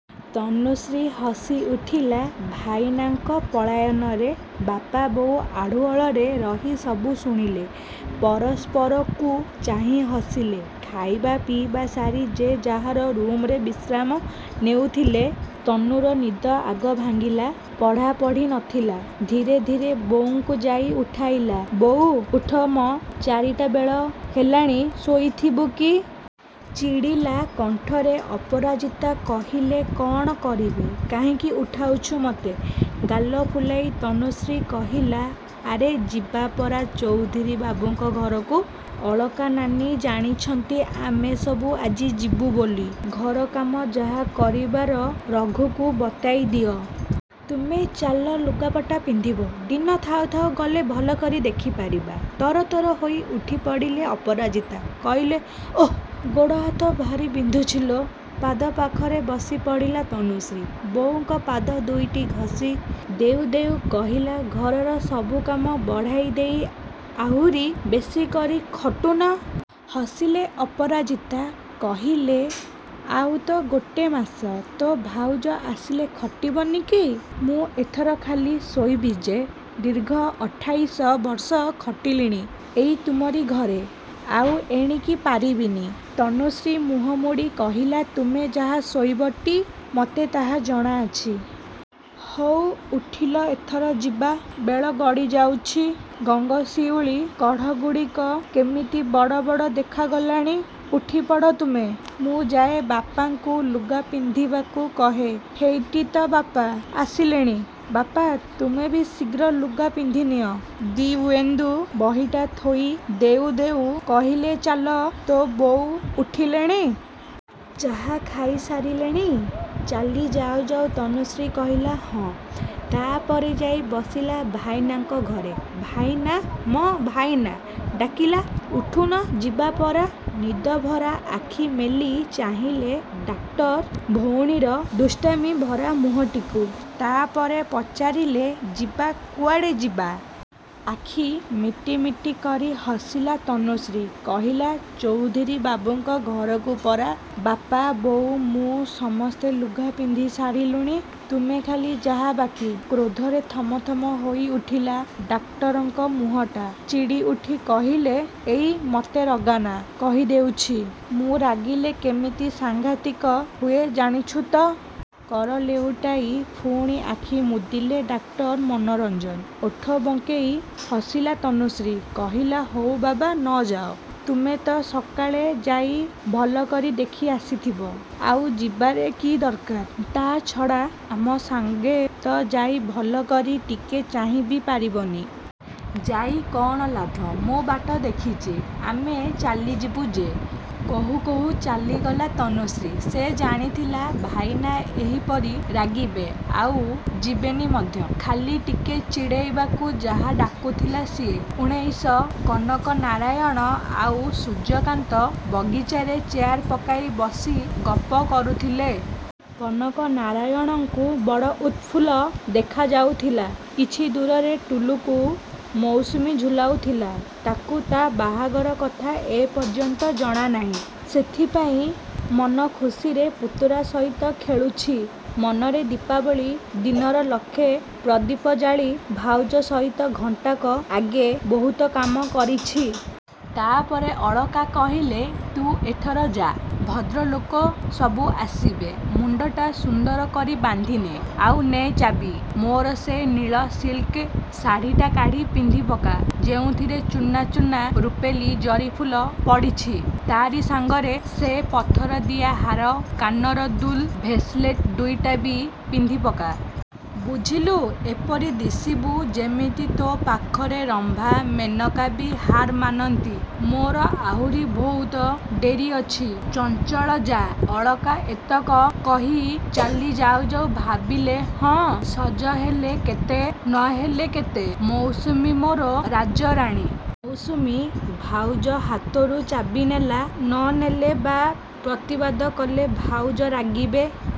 ତନୁଶ୍ରୀ ହସିଉଠିଲା ଭାଇନାଙ୍କ ପଳାୟନରେ। ବାପା-ବୋଉ ଆଢ଼ୁଆଳରେ ରହି ସବୁ ଶୁଣିଲେ। ପରସ୍ପରକୁ ଚାହିଁ ହସିଲେ। ଖାଇବା-ପିଇବା ସାରି ଯେ ଯାହାର ରୁମ୍‌ରେ ବିଶ୍ରାମ ନେଉଥିଲେ। ତନୁର ନିଦ ଆଗ ଭାଙ୍ଗିଲା। ପଢ଼ାପଢ଼ି ନଥିଲା। ଧୀରେ ଧୀରେ ବୋଉଙ୍କୁ ଯାଇ ଉଠାଇଲା। ବୋଉ, ଉଠ୍‌ ମ| ଚାରିଟାବେଳ ହେଲାଣି, ଶୋଇଥିବୁ କି? ଚିଡ଼ିଲା କଣ୍ଠରେ ଅପରାଜିତା କହିଲେ କ'ଣ କରିବି? କାହିଁକି ଉଠାଉଛୁ ମୋତେ? ଗାଲ ଫୁଲାଇ ତନୁଶ୍ରୀ କହିଲା "ଆରେ, ଯିବା ପରା ଚୌଧୁରୀବାବୁଙ୍କ ଘରକୁ। ଅଳକା ନାନୀ ଜାଣିଛନ୍ତି ଆମେ ସବୁ ଆଜି ଯିବୁ ବୋଲି। ଘର କାମ ଯାହା କରିବାର ରଘୁକୁ ବତାଇ ଦିଅ। ତୁମେ ଚାଲ, ଲୁଗାପଟା ପିନ୍ଧିବ। ଦିନ ଥାଉ ଥାଉ ଗଲେ ଭଲକରି ଦେଖିପାରିବା। ତରତର ହୋଇ ଉଠିପଡ଼ିଲେ ଅପରାଜିତା। କହିଲେ ଓ, ଗୋଡ଼-ହାତ ଭାରି ବିନ୍ଧୁଛି ଲୋ। ପାଦପାଖରେ ବସିପଡ଼ିଲା ତନୁଶ୍ରୀ। ବୋଉଙ୍କ ପାଦ ଦୁଇଟି ଘସି ଦେଉ ଦେଉ କହିଲା ଘରର ସବୁ କାମ ବଢ଼ାଇ ଦେଇ ଆହୁରି ବେଶି କରି ଖଟୁନ। ହସିଲେ ଅପରାଜିତା। କହିଲେ "ଆଉ ତ ଗୋଟେ ମାସ। ତୋ ଭାଉଜ ଆସିଲେ ଖଟିବନି କି? ମୁଁ ଏଥର ଖାଲି ଶୋଇବି ଯେ। ଦୀର୍ଘ ଅଠାଇଶ ବର୍ଷ ଖଟିଲିଣି ଏଇ ତୁମରି ଘରେ। ଆଉ ଏଣିକି ପାରିବିନି। ତନୁଶ୍ରୀ ମୁହଁ ମୋଡ଼ି କହିଲା ତୁମେ ଯାହା ଶୋଇବଟି, ମୋତେ ତାହା ଜଣାଅଛି। ହଉ ଉଠିଲ ଏଥର, ଯିବା। ବେଳ ଗଡ଼ିଯାଉଛି। ଗଙ୍ଗଶିଉଳି କଢ଼ଗୁଡ଼ିକ କେମିତି ବଡ଼ ବଡ଼ ଦେଖାଗଲାଣି। ଉଠିପଡ଼ ତୁମେ, ମୁଁ ଯାଏ ବାପାଙ୍କୁ ଲୁଗା ପିନ୍ଧିବାକୁ କହେ। ହେଇଟି ତ ବାପା ଆସିଲେଣି। ବାପା, ତୁମେ ବି ଶୀଘ୍ର ଲୁଗା ପିନ୍ଧିନିଅ। ଦିବ୍ୟେନ୍ଦୁ ବହିଟା ଥୋଇ ଦେଉ ଦେଉ କହିଲେ ଚାଲ, ତୋ ବୋଉ ଉଠିଲେଣି? ଚାହା ଖାଇ ସାରିଲେଣି? ଚାଲି ଯାଉ ଯାଉ ତନୁଶ୍ରୀ କହିଲା ହଁ। ତା'ପରେ ଯାଇ ବସିଲା ଭାଇନାଙ୍କ ଘରେ। ଭାଇନା ମ ଭାଇନା, ଡାକିଲା। ଉଠୁନ, ଯିବା ପରା। ନିଦଭରା ଆଖି ମେଲି ଚାହିଁଲେ ଡାକ୍ତର ଭଉଣୀର ଦୁଷ୍ଟାମିଭରା ମୁହଁଟିକୁ। ତା'ପରେ ପଚାରିଲେ ଯିବା କୁଆଡ଼େ ଯିବା? ଆଖି ମିଟିମିଟି କରି ହସିଲା ତନୁଶ୍ରୀ। କହିଲା ଚୌଧୁରୀବାବୁଙ୍କ ଘରକୁ ପରା ବାପା, ବୋଉ, ମୁଁ ସମସ୍ତେ ଲୁଗା ପିନ୍ଧି ସାରିଲୁଣି। ତୁମେ ଖାଲି ଯାହା ବାକି। କ୍ରୋଧରେ ଥମ୍‌ଥମ୍‌ ହୋଇଉଠିଲା ଡାକ୍ଟରଙ୍କ ମୁହଁଟା। ଚିଡ଼ିଉଠି କହିଲେ "ଏଇ, ମୋତେ ରଗାନା, କହିଦେଉଛି। ମୁଁ ରାଗିଲେ କେମିତି ସାଙ୍ଘାତିକ ହୁଏ, ଜାଣିଛୁ ତ? କର ଲେଉଟାଇ ପୁଣି ଆଖି ମୁଦିଲେ ଡାକ୍ଟର ମନୋରଞ୍ଜନ। ଓଠ ବଙ୍କେଇ ହସିଲା ତନୁଶ୍ରୀ। କହିଲା ହଉ ବାବା, ନଯାଅ। ତୁମେ ତ ସକାଳେ ଯାଇ ଭଲକରି ଦେଖି ଆସିଥିବ। ଆଉ ଯିବାରେ କି ଦରକାର? ତା'ଛଡ଼ା ଆମ ସାଙ୍ଗେ ତ ଯାଇ ଭଲକରି ଟିକେ ଚାହିଁ ବି ପାରିବନି। ଯାଇ କ'ଣ ଲାଭ? ମୁଁ ବାଟ ଦେଖିଛି। ଆମେ ଚାଲିଯିବୁ ଯେ। କହୁ କହୁ ଚାଲିଗଲା ତନୁଶ୍ରୀ। ସେ ଜାଣିଥିଲା ଭାଇନା ଏହିପରି ରାଗିବେ, ଆଉ ଯିବେନି ମଧ୍ୟ। ଖାଲି ଟିକେ ଚିଡ଼େଇବାକୁ ଯାହା ଡାକୁଥିଲା ସିଏ। ଉଣେଇଶ କନକ ନାରାୟଣ ଆଉ ସୂର୍ଯ୍ୟକାନ୍ତ ବଗିଚାରେ ଚେୟାର ପକାଇ ବସି ଗପ କରୁଥିଲେ। କନକନାରାୟଣଙ୍କୁ ବଡ଼ ଉତଫୁଲ୍ଲ ଦେଖାଯାଉଥିଲା। କିଛି ଦୂରରେ ଟୁଲୁକୁ ମୌସୁମୀ ଝୁଲାଉଥିଲା। ତାକୁ ତା' ବାହାଘର କଥା ଏପର୍ଯ୍ୟନ୍ତ ଜଣାନାହିଁ। ସେଥିପାଇଁ ମନଖୁସିରେ ପୁତୁରା ସହିତ ଖେଳୁଛି, ମନରେ ଦୀପାବଳି ଦିନର ଲକ୍ଷେ ପ୍ରଦୀପ ଜାଳି। ଭାଉଜ ସହିତ ଘଣ୍ଟାକ ଆଗେ ବହୁତ କାମ କରିଛି। ତା'ପରେ ଅଳକା କହିଲେ ତୁ ଏଥର ଯା। ଭଦ୍ରଲୋକ ସବୁ ଆସିବେ। ମୁଣ୍ଡଟା ସୁନ୍ଦର କରି ବାନ୍ଧିନେ। ଆଉ ନେ ଚାବି। ମୋର ସେ ନୀଳ ସିଲ୍କ ଶାଢ଼ିଟା କାଢ଼ି ପିନ୍ଧିପକା, ଯେଉଁଥିରେ ଚୂନା ଚୂନା ରୂପେଲି ଜରିଫୁଲ ପଡ଼ିଛି। ତାରି ସାଙ୍ଗରେ ସେ ପଥରଦିଆ ହାର, କାନର ଦୁଲ୍‌, ଭେସଲେଟ୍‌ ଦୁଇଟା ବି ପିନ୍ଧିପକା। ବୁଝିଲୁ, ଏପରି ଦିଶିବୁ ଯେମିତି ତୋ ପାଖରେ ରମ୍ଭା, ମେନକା ବି ହାର୍‌ ମାନନ୍ତି। ମୋର ଆହୁରି ବହୁତ ଡେରି ଅଛି, ଚଞ୍ଛଳ ଯା। ଅଳକା ଏତକ କହି ଚାଲି ଯାଉ ଯାଉ ଭାବିଲେ ହଁ, ସଜହେଲେ କେତେ, ନହେଲେ କେତେ! ମୌସୁମୀ ମୋର ରାଜରାଣୀ। ମୌସୁମୀ ଭାଉଜ ହାତରୁ ଚାବି ନେଲା। ନ ନେଲେ ବା ପ୍ରତିବାଦ କଲେ ଭାଉଜ ରାଗିବେ।